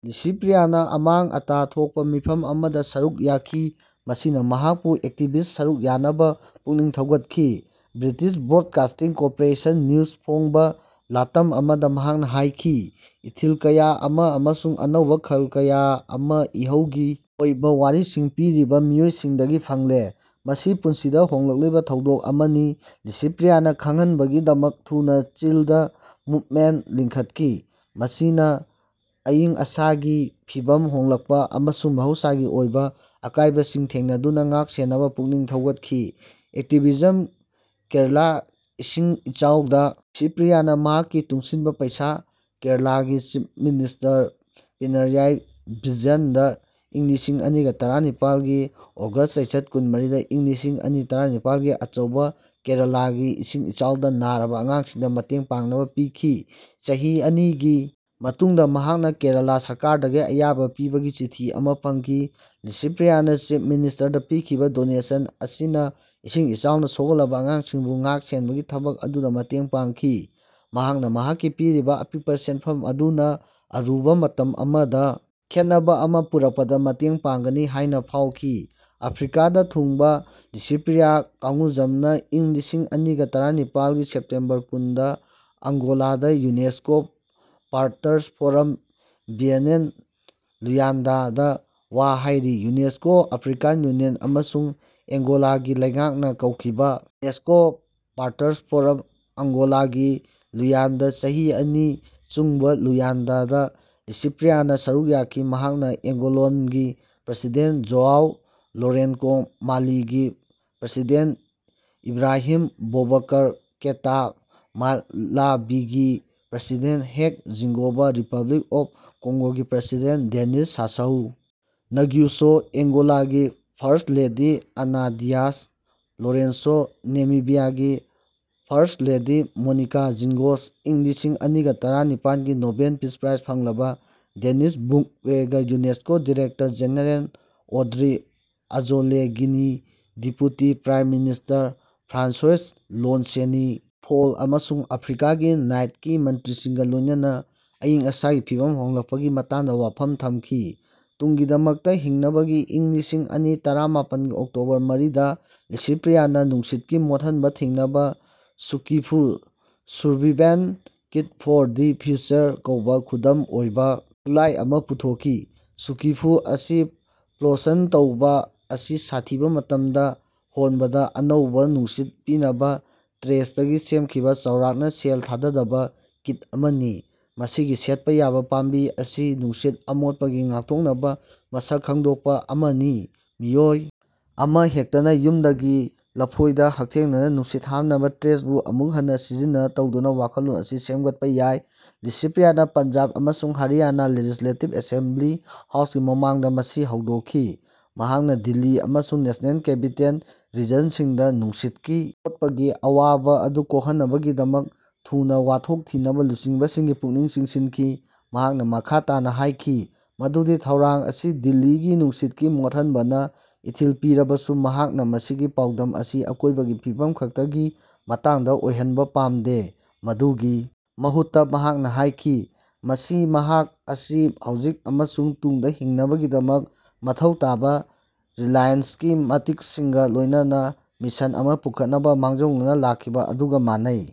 ꯂꯤꯁꯤꯄ꯭ꯔꯤꯌꯥꯅ ꯑꯃꯥꯡ ꯑꯇꯥ ꯊꯣꯛꯄ ꯃꯤꯐꯝ ꯑꯃꯗ ꯁꯔꯨꯛ ꯌꯥꯈꯤ꯫ ꯃꯁꯤꯅ ꯃꯍꯥꯛꯄꯨ ꯑꯦꯛꯇꯤꯕ꯭ꯁ꯭ꯇꯇ ꯁꯔꯨꯛ ꯌꯥꯅꯕ ꯄꯨꯛꯅꯤꯡ ꯊꯧꯒꯠꯈꯤ꯫ ꯕ꯭ꯔꯤꯇꯤꯁ ꯕ꯭ꯔꯣꯗꯀꯥꯁꯇꯤꯡ ꯀꯣꯄꯣꯔꯦꯁꯟ ꯅ꯭ꯌꯨꯖ ꯐꯣꯡꯕ ꯂꯥꯇꯝ ꯑꯃꯗ ꯃꯍꯥꯛꯅ ꯍꯥꯏꯈꯤ, "ꯏꯊꯤꯜ ꯀꯌꯥ ꯑꯃ ꯑꯃꯁꯨꯡ ꯑꯅꯧꯕ ꯈꯜ ꯀꯌꯥ ꯑꯃ ꯏꯍꯧꯒꯤ ꯑꯣꯏꯕ ꯋꯥꯔꯤꯁꯤꯡ ꯄꯤꯔꯤꯕ ꯃꯤꯑꯣꯏꯁꯤꯡꯗꯒꯤ ꯐꯪꯂꯦ꯫ ꯃꯁꯤ ꯄꯨꯟꯁꯤꯗ ꯍꯣꯡꯂꯛꯂꯤꯕ ꯊꯧꯗꯣꯛ ꯑꯃꯅꯤ꯫" ꯂꯤꯁꯤꯄ꯭ꯔꯤꯌꯥꯅ ꯈꯪꯍꯟꯕꯒꯤꯗꯃꯛ ꯊꯨꯅ "ꯆꯤꯜꯗ ꯃꯨꯚꯃꯦꯟꯠ" ꯂꯤꯡꯈꯠꯈꯤ, ꯃꯁꯤꯅ ꯑꯏꯪ ꯑꯁꯥꯒꯤ ꯐꯤꯚꯝ ꯍꯣꯡꯂꯛꯄ ꯑꯃꯁꯨꯡ ꯃꯍꯧꯁꯥꯒꯤ ꯑꯣꯏꯕ ꯑꯀꯥꯏꯕꯁꯤꯡ ꯊꯦꯡꯅꯗꯨꯅ ꯉꯥꯛꯁꯦꯟꯅꯕ ꯄꯨꯛꯅꯤꯡ ꯊꯧꯒꯠꯈꯤ꯫ ꯑꯦꯛꯇꯤꯚꯥꯏꯖꯝ ꯀꯦꯔꯂꯥ ꯏꯁꯤꯡ ꯏꯆꯥꯎꯗ ꯂꯤꯁꯤꯄ꯭ꯔꯤꯌꯥꯅ ꯃꯍꯥꯛꯀꯤ ꯇꯨꯡꯁꯤꯟꯕ ꯄꯩꯁꯥ ꯀꯦꯔꯂꯥꯒꯤ ꯆꯤꯐ ꯃꯤꯅꯤꯁꯇꯔ ꯄꯤꯅꯔꯌꯥꯏ ꯕꯤꯖꯌꯟꯗ ꯏꯪ ꯂꯤꯁꯤꯡ ꯑꯅꯤꯒ ꯇꯔꯥ ꯅꯤꯄꯥꯜ ꯒꯤ ꯑꯣꯒꯁ꯭ꯠ ꯆꯩꯆꯠ ꯀꯨꯟꯃꯔꯤꯗ ꯏꯪ ꯂꯤꯁꯤꯡ ꯑꯅꯤ ꯇꯔꯥꯅꯤꯄꯥꯜꯒꯤ ꯑꯆꯧꯕ ꯀꯦꯔꯂꯥꯒꯤ ꯏꯁꯤꯡ ꯏꯆꯥꯎꯗ ꯅꯥꯔꯕ ꯑꯉꯥꯡꯁꯤꯡꯗ ꯃꯇꯦꯡ ꯄꯥꯡꯅꯕ ꯄꯤꯈꯤ꯫ ꯆꯍꯤ ꯑꯅꯤꯒꯤ ꯃꯇꯨꯡꯗ ꯃꯍꯥꯛꯅ ꯀꯦꯔꯂꯥ ꯁꯔꯀꯥꯔꯗꯒꯤ ꯑꯌꯥꯕ ꯄꯤꯕꯒꯤ ꯆꯤꯊꯤ ꯑꯃꯥ ꯐꯪꯈꯤ꯫ ꯂꯤꯁꯤꯄ꯭ꯔꯤꯌꯥꯅ ꯆꯤꯐ ꯃꯤꯅꯤꯁꯇꯔꯗ ꯄꯤꯈꯤꯕ ꯗꯣꯅꯦꯁꯟ ꯑꯁꯤꯅ ꯏꯁꯤꯡ ꯏꯆꯥꯎꯅ ꯁꯣꯛꯍꯜꯂꯕ ꯑꯉꯥꯡꯁꯤꯡꯕꯨ ꯉꯥꯛ-ꯁꯦꯟꯕꯒꯤ ꯊꯕꯛ ꯑꯗꯨꯗ ꯃꯇꯦꯡ ꯄꯥꯡꯈꯤ꯫ ꯃꯍꯥꯛꯅ ꯃꯍꯥꯛꯀꯤ ꯄꯤꯔꯤꯕ ꯑꯄꯤꯛꯄ ꯁꯦꯟꯐꯝ ꯑꯗꯨꯅ ꯑꯔꯨꯕ ꯃꯇꯝ ꯑꯃꯗ ꯈꯦꯠꯅꯕ ꯑꯃ ꯄꯨꯔꯛꯄꯗ ꯃꯇꯦꯡ ꯄꯥꯡꯒꯅꯤ ꯍꯥꯏꯅ ꯐꯥꯎꯈꯤ꯫ ꯑꯐ꯭ꯔꯤꯀꯥꯗ ꯊꯨꯡꯕ ꯂꯤꯁꯤꯄ꯭ꯔꯤꯌꯥ ꯀꯡꯒꯨꯖꯝꯅ ꯏꯪ ꯂꯤꯁꯤꯡ ꯑꯅꯤꯒ ꯇꫪꯥꯅꯤꯄꯥꯜꯒꯤ ꯁꯦꯞꯇꯦꯝꯕꯔ ꯀꯨꯟꯗ ꯑꯡꯒꯣꯂꯥꯗ UNESCO Partners Forum (Biennale Luanda) ꯗ ꯋꯥ ꯍꯥꯏꯔꯤ꯫ ꯌꯨꯅꯦꯁꯀꯣ, ꯑꯐ꯭ꯔꯤꯀꯥꯟ ꯌꯨꯅꯤꯌꯟ ꯑꯃꯁꯨꯡ ꯑꯦꯡꯒꯣꯂꯥꯒꯤ ꯂꯩꯉꯥꯛꯅ ꯀꯧꯈꯤꯕ ꯌꯨꯅꯦꯁꯀꯣ ꯄꯥꯔꯇꯔꯁ ꯐꯣꯔꯝ (ꯑꯡꯒꯣꯂꯥꯒꯤ ꯂꯨꯌꯥꯟꯗꯥ ꯆꯍꯤ ꯑꯅꯤ ꯆꯨꯡꯕ ꯂꯨꯌꯥꯟꯗꯥ) ꯗ ꯂꯤꯁꯤꯄ꯭ꯔꯤꯌꯥꯅ ꯁꯔꯨꯛ ꯌꯥꯈꯤ꯫ ꯃꯍꯥꯛꯅ ꯑꯦꯡꯒꯣꯂꯟꯒꯤ ꯄ꯭ꯔꯁꯤꯗꯦꯟ꯭ꯇ ꯖꯣꯑꯥꯎ ꯂꯣꯔꯦꯟꯀꯣ, ꯃꯥꯂꯤꯒꯤ ꯄ꯭ꯔꯗꯤꯅ꯭ꯇ ꯏꯕꯡꯔꯥꯍꯤꯝ ꯕꯣꯕꯀꯔ ꯀꯦꯏꯇꯥ, ꯃꯥꯂꯥꯚꯤꯒꯤ president Hage Geingob, Republic of ꯀꯪꯒꯣꯒꯤ ꯄ꯭ꯔꯥꯁꯤꯗꯦꯟ ꯗꯦꯅꯤꯁ ꯁꯥꯁꯎ ꯅꯒ꯭ꯌꯨꯁꯣ, ꯑꯦꯡꯒꯣꯂꯥꯒꯤ first lady Ana Dias Lourenço, ꯅꯦꯃꯤꯕ꯭ꯌꯥꯒꯤ ꯐꯔꯁꯠꯂꯦꯗꯤ ꯃꯣꯅꯤꯀꯥ ꯖꯤꯡꯒꯣꯁ, ꯏꯪ ꯂꯤꯁꯤꯡ ꯑꯅꯤꯒ ꯇꫪꯥꯅꯤꯄꯥꯜ ꯒꯤ ꯅꯣꯕꯦꯜ ꯄꯤꯁ ꯄ꯭ꯔꯥꯏꯖ ꯐꯪꯂꯕ ꯗꯦꯅꯤꯁ ꯃꯨꯛꯋꯦꯒ, UNESCO director general Audrey Azoulay, Guinea deputy prime minister François Lonseny Fall ꯑꯃꯁꯨꯡ ꯑꯐ꯭ꯔꯤꯀꯥꯒꯤ ꯅꯥꯠꯀꯤ ꯃꯟꯇ꯭ꯔꯤꯁꯤꯡꯒ ꯂꯣꯏꯅꯅ ꯑꯏꯪ-ꯑꯁꯥꯒꯤ ꯐꯤꯚꯝ ꯍꯣꯡꯂꯛꯄꯒꯤ ꯃꯇꯥꯡꯗ ꯋꯥꯐꯝ ꯊꯝꯈꯤ ꯇꯨꯡꯒꯤꯗꯃꯛꯇ ꯍꯤꯡꯅꯕꯒꯤ ꯏꯪ ꯂꯤꯁꯤꯡ ꯑꯅꯤ ꯇꯔꯥꯃꯥꯄꯜꯒꯤ ꯑꯣꯛꯇꯣꯕꯔ ꯃꯔꯤꯗ, ꯂꯤꯁꯤꯄ꯭ꯔꯤꯌꯥꯅ ꯅꯨꯡꯁꯤꯠꯀꯤ ꯃꯣꯠꯍꯟꯕ ꯊꯤꯡꯅꯕ ꯁꯨꯀꯤꯐꯨ (survival kit for the future) ꯀꯧꯕ ꯈꯨꯗꯝ ꯑꯣꯏꯕ ꯈꯨꯠꯂꯥꯏ ꯑꯃꯥ ꯄꯨꯊꯣꯛꯈꯤ꯫ ꯁꯨꯀꯤꯐꯨ ꯑꯁꯤ ꯄ꯭ꯂꯣꯁꯟ ꯇꯧꯕ ꯑꯁꯤ ꯁꯥꯊꯤꯕ ꯃꯇꯝꯗ ꯍꯣꯟꯕꯗ ꯑꯅꯧꯕ ꯅꯨꯡꯁꯤꯠ ꯄꯤꯅꯕ ꯇ꯭ꯔꯦꯁꯇꯒꯤ ꯁꯦꯝꯈꯤꯕ ꯆꯥꯎꯔꯥꯛꯅ ꯁꯦꯜ ꯊꯥꯗꯗꯕ ꯀꯤꯠ ꯑꯃꯅꯤ꯫ ꯃꯁꯤꯒꯤ ꯁꯦꯠꯄ ꯌꯥꯕ ꯄꯥꯝꯕꯤ ꯑꯁꯤ ꯅꯨꯡꯁꯤꯠ ꯑꯃꯣꯠꯄꯒꯤ ꯉꯥꯛꯊꯣꯛꯅꯕ ꯃꯁꯛ ꯈꯪꯗꯣꯛꯄ ꯑꯃꯅꯤ꯫ ꯃꯤꯑꯣꯏ ꯑꯃꯍꯦꯛꯇꯅ ꯌꯨꯝꯗꯒꯤ ꯂꯐꯣꯏꯗ ꯍꯛꯊꯦꯡꯅꯅ ꯅꯨꯡꯁꯤꯠ ꯍꯥꯞꯅꯕ ꯇ꯭ꯔꯦꯁꯕꯨ ꯑꯃꯨꯛ ꯍꯟꯅ ꯁꯤꯖꯤꯟꯅ ꯇꯧꯗꯨꯅ ꯋꯥꯈꯜꯂꯣꯟ ꯑꯁꯤ ꯁꯦꯝꯒꯠꯄ ꯌꯥꯏ꯫ ꯂꯤꯁꯤꯄ꯭ꯔꯤꯌꯥꯅ ꯄꯟꯖꯥꯕ ꯑꯃꯁꯨꯡ ꯍꯔꯤꯌꯥꯅꯥ ꯂꯦꯖꯤꯁ꯭ꯂꯦꯇꯤꯕ ꯑꯦꯁꯦꯝꯕ꯭ꯂꯤ ꯍꯥꯎꯁꯀꯤ ꯃꯃꯥꯡꯗ ꯃꯁꯤ ꯍꯧꯗꯣꯛꯈꯤ꯫ ꯃꯍꯥꯛꯅ ꯗꯤꯜꯂꯤ ꯑꯃꯁꯨꯡ ꯅꯦꯁꯅꯦꯜ ꯀꯦꯄꯤꯇꯦꯜ ꯔꯤꯖꯟ ꯁꯤꯡꯗ ꯅꯨꯡꯁꯤꯠꯀꯤ ꯃꯣꯠꯄꯒꯤ ꯑꯋꯥꯕ ꯑꯗꯨ ꯀꯣꯛꯍꯟꯅꯕꯒꯤꯗꯃꯛ ꯊꯨꯅ ꯋꯥꯊꯣꯛ ꯊꯤꯅꯕ ꯂꯨꯆꯤꯡꯕꯁꯤꯡꯒꯤ ꯄꯨꯛꯅꯤꯡ ꯆꯤꯡꯁꯤꯟꯈꯤ꯫ ꯃꯍꯥꯛꯅ ꯃꯈꯥ ꯇꯥꯅ ꯍꯥꯏꯈꯤ ꯃꯗꯨꯗꯤ ꯊꯩꯔꯥꯡ ꯑꯁꯤ ꯗꯤꯜꯂꯤꯒꯤ ꯅꯨꯡꯁꯤꯠꯀꯤ ꯃꯣꯠꯍꯟꯕꯅ ꯏꯊꯤꯜ ꯄꯤꯔꯕꯁꯨ, ꯃꯍꯥꯛꯅ ꯃꯁꯤꯒꯤ ꯄꯥꯎꯗꯝ ꯑꯁꯤ ꯑꯀꯣꯏꯕꯒꯤ ꯐꯤꯚꯝ ꯈꯛꯇꯒꯤ ꯃꯇꯥꯡꯗ ꯑꯣꯏꯍꯟꯕ ꯄꯥꯝꯗꯦ꯫ ꯃꯗꯨꯒꯤ ꯃꯍꯨꯠꯇ ꯃꯍꯥꯛꯅ ꯍꯥꯏꯈꯤ ꯃꯁꯤ ꯃꯍꯥꯛ ꯑꯁꯤ ꯍꯧꯖꯤꯛ ꯑꯃꯁꯨꯡ ꯇꯨꯡꯗ ꯍꯤꯡꯅꯕꯒꯤꯗꯃꯛ ꯃꯊꯧ ꯇꯥꯕ ꯔꯤꯂꯥꯏꯟꯁ꯭ꯌꯦꯜꯒꯤ ꯃꯇꯤꯛꯁꯤꯡꯒ ꯂꯣꯏꯅꯅ ꯃꯤꯁꯟ ꯑꯃ ꯄꯨꯈꯠꯅꯕ ꯃꯥꯡꯖꯧꯅꯅ ꯂꯥꯛꯈꯤꯕ ꯑꯗꯨꯒ ꯃꯥꯟꯅꯩ꯫